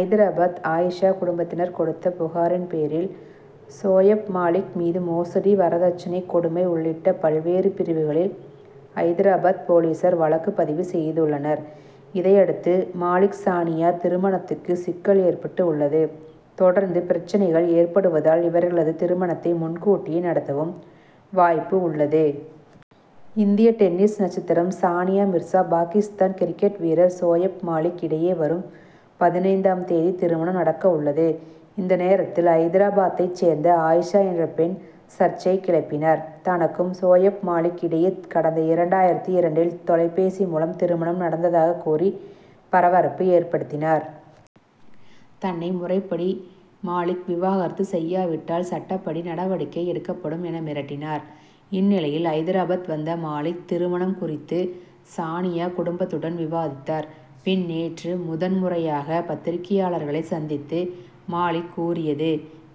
ஐதராபாத் ஆயிஷா குடும்பத்தினர் கொடுத்த புகாரின் பேரில் சோயப் மாலிக் மீது மோசடி வரதட்சணை கொடுமை உள்ளிட்ட பல்வேறு பிரிவுகளில் ஐதராபாத் போலீசார் வழக்கு பதிவு செய்துள்ளனர். இதை அடுத்து மாலிக்-சானியா திருமணத்துக்கு சிக்கல் ஏற்பட்டு உள்ளது. தொடர்ந்து பிரச்னைகள் ஏற்படுவதால் இவர்களது திருமணத்தை முன்கூட்டியே நடத்தவும் வாய்ப்பு உள்ளது. இந்திய டென்னிஸ் நட்சத்திரம் சானியா மிர்சா பாகிஸ்தான் கிரிக்கெட் வீரர் சோயப் மாலிக் இடையே வரும் பதினைந்து ஆம் தேதி திருமணம் நடக்க உள்ளது. இந்த நேரத்தில் ஐதரா பாத்தை சேர்ந்த ஆயிஷா என்ற பெண் சர்ச்சை கிளப்பினார். தனக்கும் சோயப் மாலிக் இடையே கடந்த இரண்டாயிரத்து இரண்டில் தொலைபேசி மூலம் திருமணம் நடந்ததாக கூறி பரபரப்பு ஏற்படுத்தினார். தன்னை முறைப் படி மாலிக் விவாகரத்து செய்யாவிட்டால் சட்டப்படி நடவடிக்கை எடுக்கப்படும் என மிரட்டினார். இந்நிலையில் ஐதராபாத் வந்த மாலிக் திருமணம் குறித்து சானியா குடும்பத்துடன் விவாதித்தார். பின் நேற்று முதன் முறையாக பத்திரிகையாளர்களை சந்தித்து மாலிக் கூறியது: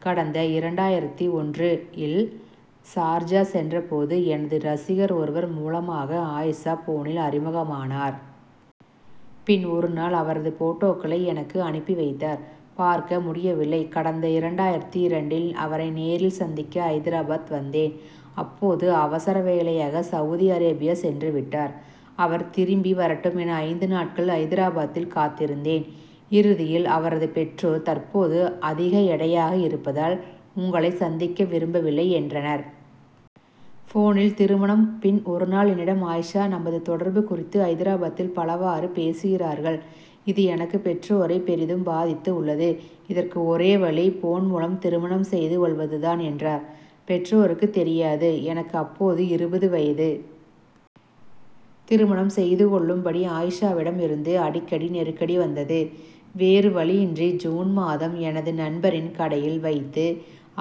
கடந்த இரண்டாயிரத்து ஒன்று இல் சார்ஜா சென்ற போது எனது ரசிகர் ஒருவர் மூலமாக ஆயிஷா போனில் அறிமுகமானார். பின் ஒருநாள் அவரது போட்டோக்களை எனக்கு அனுப்பி வைத்தார். பார்க்க முடியவில்லை கடந்த இரண்டாயிரத்து இரண்டில் அவரை நேரில் சந்திக்க ஐதராபாத் வந்தேன். அப்போது அவசர வேலையாக சவுதி அரேபியா சென்றுவிட்டார். அவர் திரும்பி வரட்டும் என ஐந்து நாட்கள் ஐதராபாத்தில் காத்திருந்தேன். இறுதியில் அவரது பெற்றோர் தற்போது அதிக எடையாக இருப்பதால் உங்களை சந்திக்க விரும்ப வில்லை என்றனர். போனில் திருமணம் பின் ஒருநாள் என்னிடம் ஆயிஷா நமது தொடர்பு குறித்து ஐதராபாத்தில் பலவாறு பேசுகிறார்கள். இது எனது பெற்றோரை பெரிதும் பாதித்து உள்ளது. இதற்கு ஒரே வழி போன் மூலம் திருமணம் செய்து கொள்வது தான் என்றார். பெற்றோருக்கு தெரியாது எனக்கு அப்போது இருபது வயது. திருமணம் செய்து கொள்ளும் படி ஆயிஷாவிடம் இருந்து அடிக்கடி நெருக்கடி வந்தது. வேறுவழியின்றி ஜூன் மாதம் எனது நண்பரின் கடையில் வைத்து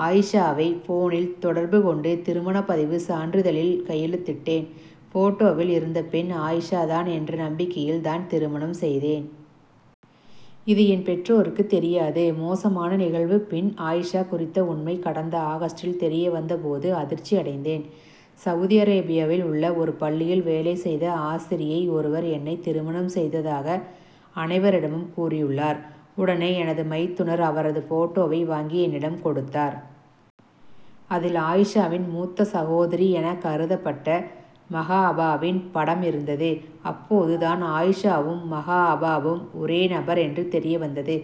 ஆயிஷாவை போனில் தொடர்பு கொண்டு திருமணப்பதிவு சான்றிதழில் கையெழுத்திட்டேன். போட்டோவில் இருந்த பெண் ஆயிஷா தான் என்ற நம்பிக்கையில் தான் திருமணம் செய்தேன். இது என் பெற்றோருக்கு தெரியாது. மோசமான நிகழ்வு பின் ஆயிஷா குறித்த உண்மை கடந்த ஆகஸ்டில் தெரிய வந்த போது அதிர்ச்சி அடைந்தேன். சவுதி அரேபியாவில் உள்ள ஒரு பள்ளியில் வேலை செய்த ஆசிரியை ஒருவர் என்னைத் திருமணம் செய்ததாக அனைவ ரிடமும் கூறியுள்ளார். உடனே எனது மைத்துனர் அவரது போட்டோவை வாங்கி என்னிடம் கொடுத்தார். அதில் ஆயிஷாவின் மூத்த சகோதரி என கருதப்பட்ட மகா அபாவின் படம் இருந்தது. அப்போது தான் ஆயிஷாவும் மகா அபாவும் ஒரே நபர் என்று தெரிய வந்தது.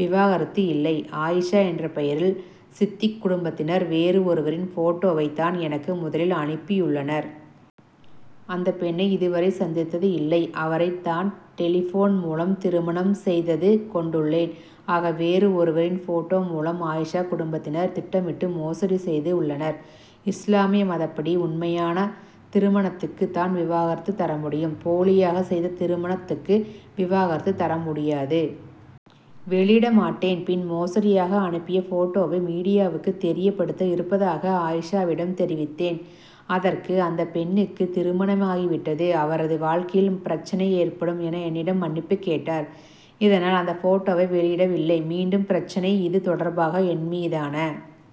விவாகரத்து இல்லை ஆயிஷா என்ற பெயரில் சித்திக் குடும்பத்தினர் வேறு ஒருவரின் போட்டோவை தான் எனக்கு முதலில் அனுப்பியுள்ளனர். அந்த பெண்ணை இதுவரை சந்தித்தது இல்லை. அவரை தான் டெலிபோன் மூலம் திருமணம் செய்தது கொண்டுள்ளேன். ஆக வேறு ஒருவரின் போட்டோ மூலம் ஆயிஷா குடும்பத்தினர் திட்டமிட்டு மோசடி செய்து உள்ளனர். இஸ்லாமிய மதப்படி உண்மையான திருமணத்துக்குத் தான் விவாகரத்து தரமுடியும். போலியாக செய்த திருமணத் துக்கு விவாகரத்து தர முடியாது. வெளியிட மாட்டேன் பின் மோசடியாக அனுப்பிய போட்டோவை மீடியாவுக்கு தெரியப் படுத்த இருப்பதாக ஆயிஷா விடம் தெரிவித்தேன். அதற்கு அந்த பெண்ணுக்கு திருமணமாகி விட்டது. அவரது வாழ்க்கையில் பிரச்னை ஏற்படும் என என்னிடம் மன்னிப்பு கேட்டார். இதனால் அந்த போட்டோவை வெளியிட வில்லை மீண்டும் பிரச்னை இது தொடர்பாக என்மீதான